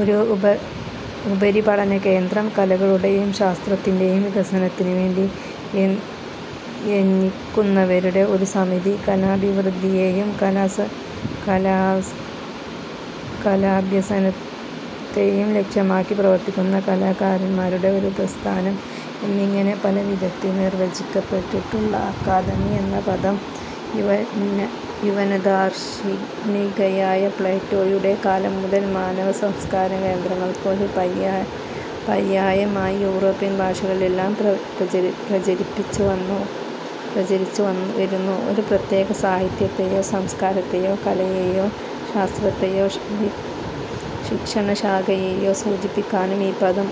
ഒരു ഉപരിപഠനകേന്ദ്രം, കലകളുടെയും ശാസ്ത്രത്തിന്റെയും വികസനത്തിനുവേണ്ടി യത്നിക്കുന്നവരുടെ ഒരു സമിതി, കലാഭിവൃദ്ധിയേയും കലാഭ്യസനത്തേയും ലക്ഷ്യമാക്കി പ്രവർത്തിക്കുന്ന കലാകാരന്മാരുടെ ഒരു സ്ഥാപനം എന്നിങ്ങനെ പല വിധത്തിൽ നിർവചിക്കപ്പെട്ടിട്ടുള്ള അക്കാദമി എന്ന പദം യവനദാർശനികനായ പ്ളേറ്റോയുടെ കാലം മുതൽ മാനവസംസ്കാരകേന്ദ്രങ്ങൾക്ക് ഒരു പര്യായമായി യൂറോപ്യൻ ഭാഷകളിലെല്ലാം പ്രചരിച്ചുവരുന്നു. ഒരു പ്രത്യേക സാഹിത്യത്തെയോ സംസ്കാരത്തെയോ കലയെയോ ശാസ്ത്രത്തെയോ ശിക്ഷണശാഖയെയോ സൂചിപ്പിക്കാനും ഈ പദം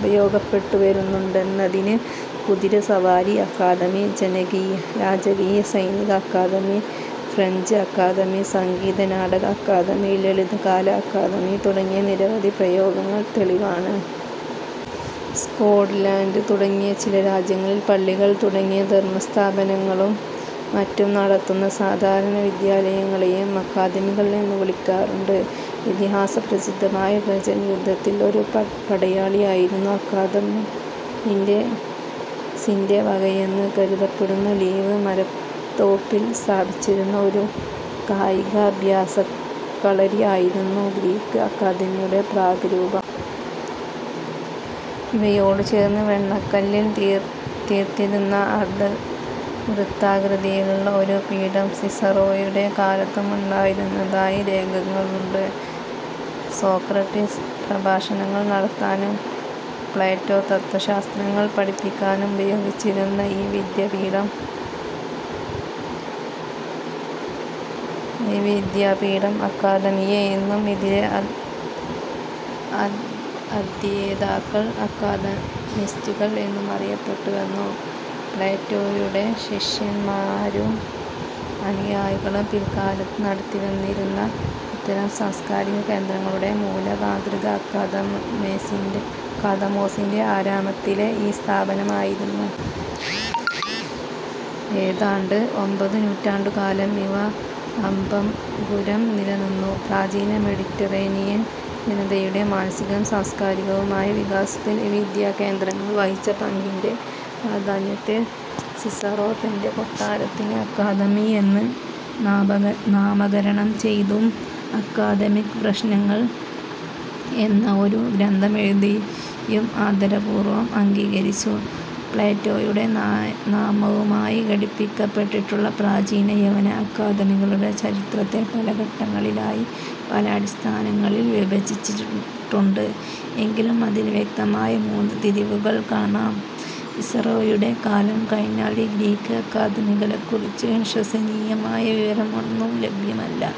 ഉപയോഗിക്കപ്പെട്ടുവരുന്നുണ്ടെന്നതിന് കുതിരസവാരി അക്കാദമി, രാജകീയ സൈനിക അക്കാദമി, ഫ്രഞ്ച് അക്കാദമി, സംഗീതനാടക അക്കാദമി, ലളിതകലാ അക്കാദമി തുടങ്ങിയ നിരവധി പ്രയോഗങ്ങൾ തെളിവാണ്. സ്കോട് ലൻഡ് തുടങ്ങിയ ചില രാജ്യങ്ങളിൽ പള്ളികൾ തുടങ്ങിയ ധർമസ്ഥാപനങ്ങളും മറ്റും നടത്തുന്ന സാധാരണ വിദ്യാലയങ്ങളേയും അക്കാദമികൾ എന്നു വിളിക്കാറുണ്ട്. ഇതിഹാസ പ്രസിദ്ധമായ ട്രോജൻ യുദ്ധത്തിൽ ഒരു പടയാളിയായിരുന്ന അക്കാദമോ സിന്റെ വകയെന്ന് കരുതപ്പെടുന്ന ലീവ് മരത്തോപ്പിൽ സ്ഥാപിച്ചിരുന്ന ഒരു കായികാഭ്യാസക്കളരി ആയിരുന്നു ഗ്രീക് അക്കാദമിയുടെ പ്രാഗ് രൂപം. ഇവയോടു ചേർന്ന് വെണ്ണക്കല്ലിൽ തീർത്തിരുന്ന അർധവൃത്താകൃതിയിലുള്ള ഒരു പീഠം സിസറോയുടെ കാലത്തും ഉണ്ടായിരുന്നതായി രേഖകളുണ്ട്. സോക്രട്ടീസ് പ്രഭാഷണങ്ങൾ നടത്താനും പ്ലേറ്റോ തത്ത്വശാസ്ത്രങ്ങൾ പഠിപ്പിക്കാനും ഉപയോഗിച്ചിരുന്ന ഈ വിദ്യാപീഠം അക്കാദെമിയ എന്നും, ഇതിലെ അധ്യേതാക്കൾ അക്കാദെമിസ്റ്റുകൾ എന്നും അറിയപ്പെട്ടുവന്നു. പ്ലേറ്റോയുടെ ശിഷ്യന്മാരും അനുയായികളും പിൽക്കാലത്ത് നടത്തിവന്നിരുന്ന ഇത്തരം സാംസ്കാരിക കേന്ദ്രങ്ങളുടെ മൂലമാതൃക അക്കാദമോസിന്റെ ആരാമത്തിലെ ഈ സ്ഥാപനമായിരുന്നു. ഏതാണ്ട് ഒമ്പതു നൂറ്റാണ്ടുകാലം ഇവ അഭംഗുരം നിലനിന്നു. പ്രാചീന മെഡിറ്ററേനിയൻ ജനതയുടെ മാനസികവും സാംസ്കാരികവുമായ വികാസത്തിൽ ഈ വിദ്യാകേന്ദ്രങ്ങൾ വഹിച്ച പങ്കിന്റെ പ്രാധാന്യത്തെ, സിസറോ തന്റെ കൊട്ടാരത്തിന് അക്കാദമി എന്ന് നാമകരണം ചെയ്തും, അക്കാദമിക് പ്രശ്നങ്ങൾ എന്ന ഒരു ഗ്രന്ഥമെഴുതിയും ആദരപൂർവം അംഗീകരിച്ചു. പ്ലേറ്റോയുടെ നാമവുമായി ഘടിപ്പിക്കപ്പെട്ടിട്ടുള്ള പ്രാചീന യവന അക്കാദമികളുടെ ചരിത്രത്തെ പല ഘട്ടങ്ങളിലായി പല അടിസ്ഥാനങ്ങളിൽ വിഭജിച്ചിട്ടുണ്ട്; എങ്കിലും അതിൽ വ്യക്തമായ മൂന്നു തിരിവുകൾ കാണാം:- സിസറോയുടെ കാലം കഴിഞ്ഞാൽ ഈ ഗ്രീക് അക്കാദമികളെക്കുറിച്ചു വിശ്വസനീയമായ വിവരം ഒന്നും ലഭ്യമല്ല.